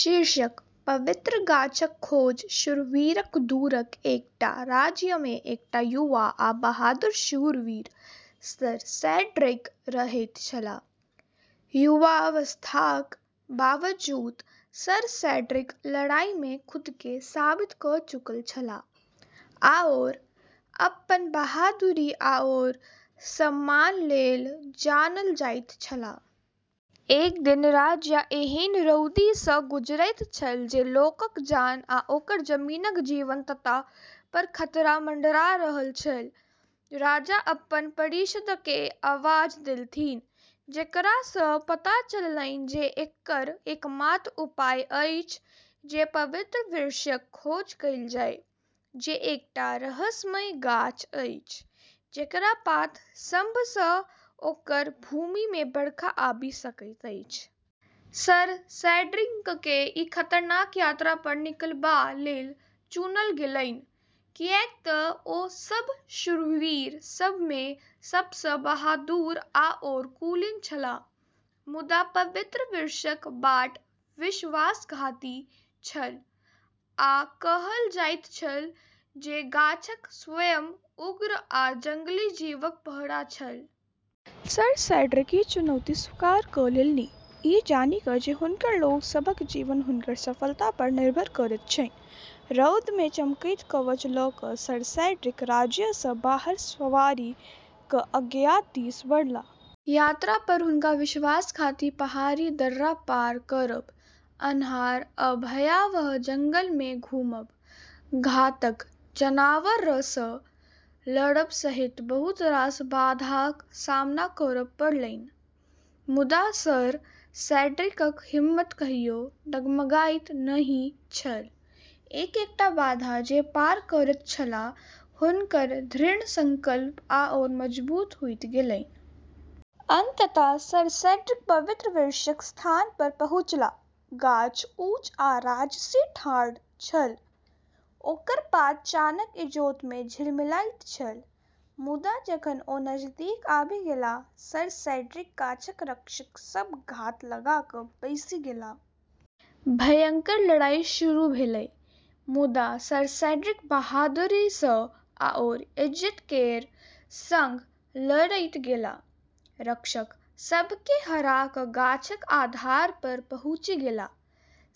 शीर्षक: पवित्र गाछक खोज शूरवीरक दूरक एकटा राज्यमे एकटा युवा आ बहादुर शूरवीर सर सेड्रिक रहैत छलाह। युवावस्थाक बावजूद सर सेड्रिक लड़ाईमे खुदकेँ साबित कऽ चुकल छलाह आओर अपन बहादुरी आओर सम्मान लेल जानल जाइत छलाह। एक दिन राज्य एहेन रौदीसँ गुजरैत छल जे लोकक जान आ ओकर जमीनक जीवंतता पर खतरा मंडरा रहल छल। राजा अपन परिषदकेँ आवाज देलथिन, जेकरासँ पता चललैन जे एकर एकमात्र उपाय अछि जे पवित्र वृक्षक खोज कएल जाय, जे एकटा रहस्यमय गाछ अछि, जेकर पात सभसँ ओकर भूमिमे बरखा आबि सकैत अछि। सर सेड्रिककेँ ई खतरनाक यात्रा पर निकलबा लेल चुनल गेलैन, कियाक तँ ओ सभ शूरवीर सभमे सबसँ बहादुर आओर कुलीन छलाह। मुदा पवित्र वृक्षक बाट विश्वासघाती छल, आ कहल जाइत छल जे गाछक स्वयं उग्र आ जंगली जीवक पहरा छल। सर सेड्रिक ई चुनौती स्वीकार कऽ लेलनि, ई जानि कऽ जे हुनकर लोक सभक जीवन हुनकर सफलता पर निर्भर करैत छैन। रौदमे चमकैत कवच लऽ कऽ सर सेड्रिक राज्यसँ बाहर सवारी कऽ अज्ञात दिस बढ़लाह। यात्रा पर हुनका विश्वासघाती पहाड़ी दर्रा पार करब, अन्हार आ भयावह जंगलमे घुमब, घातक जनावरसँ लड़ब सहित बहुत रास बाधाक सामना करब पड़लैन। मुदा सर सेड्रिकक हिम्मत कहियो डगमगाइत नहि छल। एक-एकटा बाधा जे पार करैत छलाह, हुनकर दृढ़ संकल्प आओर मजबूत होइत गेलैन। अंततः सर सेड्रिक पवित्र वृक्षक स्थान पर पहुँचलाह। गाछ ऊँच आ राजसी ठाढ़ छल, ओकर पात चानक इजोतमे झिलमिलाइत छल। मुदा जखन ओ नजदीक आबि गेलाह, सर सेड्रिक गाछक रक्षक सभ घात लगा कऽ बैसि गेलाह। भयंकर लड़ाई शुरू भेलै, मुदा सर सेड्रिक बहादुरीसँ आओर इज्जत केर संग लड़ैत गेलाह, रक्षक सभकेँ हरा कऽ गाछक आधार पर पहुँची गेलाह।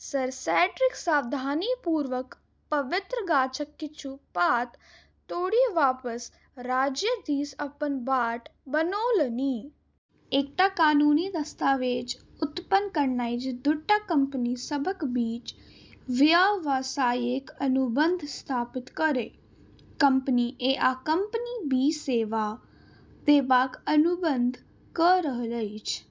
सर सेड्रिक सावधानीपूर्वक पवित्र गाछक किछु पात तोड़ि वापस राज्य दिस अपन बाट बनौलनि। एकटा कानूनी दस्तावेज उत्पन्न करनाइ जे दूटा कंपनी सभक बीच व्यावसायिक अनुबंध स्थापित करय। कंपनी ए आ कंपनी बी सेवा देबाक अनुबंध कऽ रहल अछि।